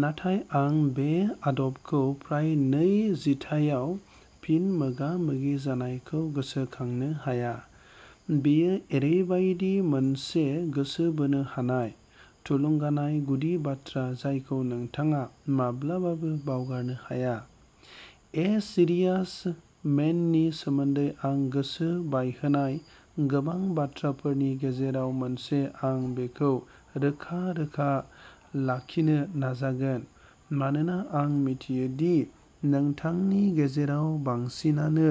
नाथाय आं बे आदबखौ फ्राय नै जिथाइआव फिन मोगा-मोगि जानायखौ गोसोखांनो हाया। बेयो ओरैबायदि मोनसे गोसो बोनो हानाय, थुलुंगानाय गुदि बाथ्रा जायखौ नोंथाङा माब्लाबाबो बावगारनो हाया। ए सीरियास मेननि सोमोन्दै आं गोसो बायहोनाय गोबां बाथ्राफोरनि गेजेराव मोनसे-आं बेखौ रोखा-रोखा लाखिनो नाजागोन, मानोना आं मिथियो दि नोंथांनि गेजेराव बांसिनानो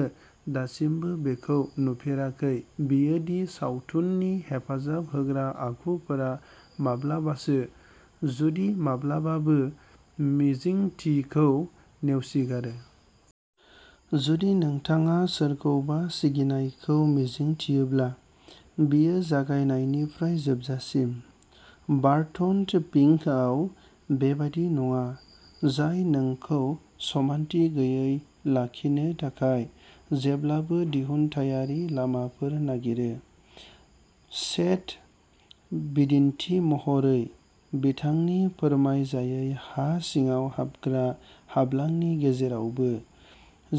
दासिमबो बेखौ नुफेराखै-बेयो दि सावथुननि हेफाजाब होग्रा आखुफोरा माब्लाबासो, जुदि माब्लाबाबो, मिजिंथिखौ नेवसिगारो। जुदि नोंथाङा सोरखौबा सिगिनायखौ मिजिंथियोब्ला, बियो जागायनायनिफ्राय जोबजासिम। बार्टन फिंकआव बेबादि नङा, जाय नोंखौ समानथि गैयै लाखिनो थाखाय जेब्लाबो दिहुनथायारि लामाफोर नागिरो। चेट!, बिदिन्थि महरै, बिथांनि फोरमायजायै हा सिङाव हाबग्रा हाब्लांनि गेजेरावबो,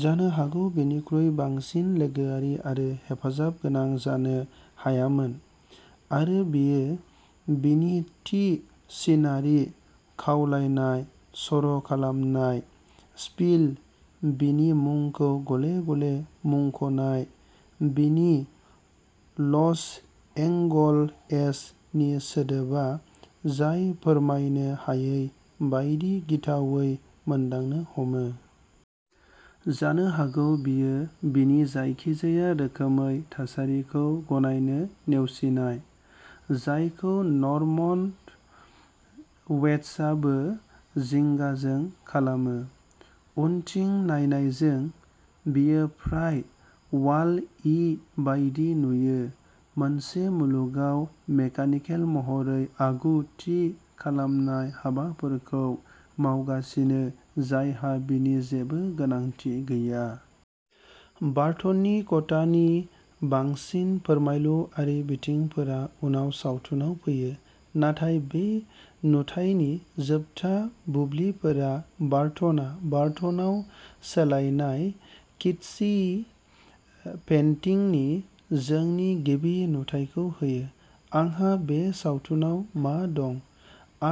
जानो हागौ बिनिख्रुइ बांसिन लोगोआरि आरो हेफाजाबगोनां जानो हायामोन, आरो बेयो बिनि थि सिनारि खावलायनाय-सर'खालामनाय स्पिल, बिनि मुंखौ गले-गले मुंख'नाय, बिनि "लस एंगल-एस" नि सोदोबा-जाय फोरमायनो हायै बायदि गिथावै मोनदांनो हमो। जानो हागौ बेयो बिनि जायखिजाया रोखोमै थासारिखौ गनायनो नेवसिनाय, जायखौ नर्मन बेट्सआबो जिंगाजों खालामो। उनथिं नायनायजों, बियो फ्राय वाल-इ बायदि नुयो, मोनसे मुलुगाव मेकानिकेल महरै आगु-थि खालामनाय हाबाफोरखौ मावगासिनो जायहा बिनि जेबो गोनांथि गैया। बार्टननि खथानि बांसिन फोरमायलुआरि बिथिंफोरा उनाव सावथुनाव फैयो, नाथाय बे नुथायनि जोबथा बुब्लिफोरा बार्टनआ बार्टनाव सोलायनाय किट्ची पेन्टिंनि जोंनि गिबि नुथायखौ होयो। आंहा बे सावथुनाव मा दं,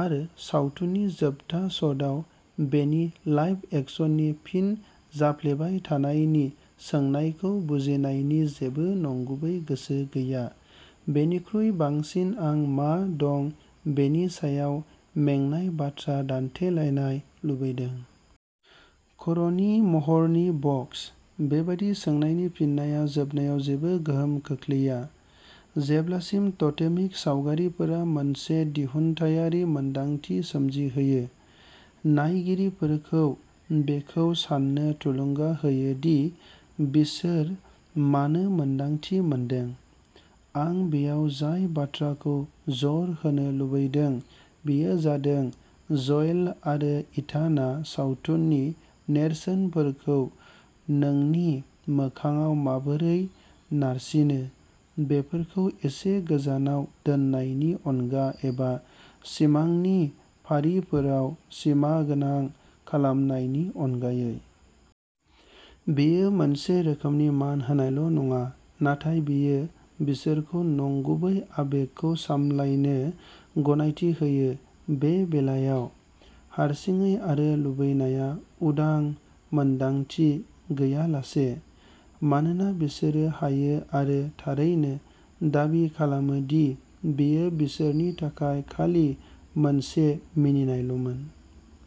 आरो सावथुननि जोबथा शटआव बेनि लाइभ-एक्शननि फिन जाफ्लेबाय थानायनि सोंनायखौ जुजिनायनि जेबो नंगुबै गोसो गैया, बेनिख्रुइ बांसिन आं मा दं बेनि सायाव मेंनाय बाथ्रा दान्थेलायनाय लुबैदों। खर'नि महरनि बक्स। बेबादि सोंनायनि फिननाया जोबनायाव जेबो गोहोम खोख्लैया, जेब्लासिम टटेमिक सावगारिफोरा मोनसे दिहुनथायारि मोनदांथि सोमजिहोयो, नायगिरिफोरखौ बेखौ साननो थुलुंगा होयो दि बिसोर मानो मोन्दांथि मोनदों। आं बेयाव जाय बाथ्राखौ जर होनो लुगैदों बेयो जादों ज'येल आरो इथानआ सावथुननि नेरसोनफोरखौ नोंनि मोखांआव माबोरै नारसिनो, बेफोरखौ एसे गोजानाव दोननायनि अनगा एबा सिमांनि फारिफोराव सिमागोनां खालामनायनि अनगायै। बेयो मोनसे रोखोमनि मान होनायल'नङा, नाथाय बेयो बिसोरखौ नंगुबै आबेगखौ सामलायनो गनायथि होयो-बे बेलायाव, हारसिङै आरो लुबैनाया-उदां मोनदांथि गैयालासे, मानोना बिसोरो हायो आरो थारैनो दाबि खालामो दि बेयो बिसोरनि थाखाय खालि मोनसे मिनिनायल'मोन।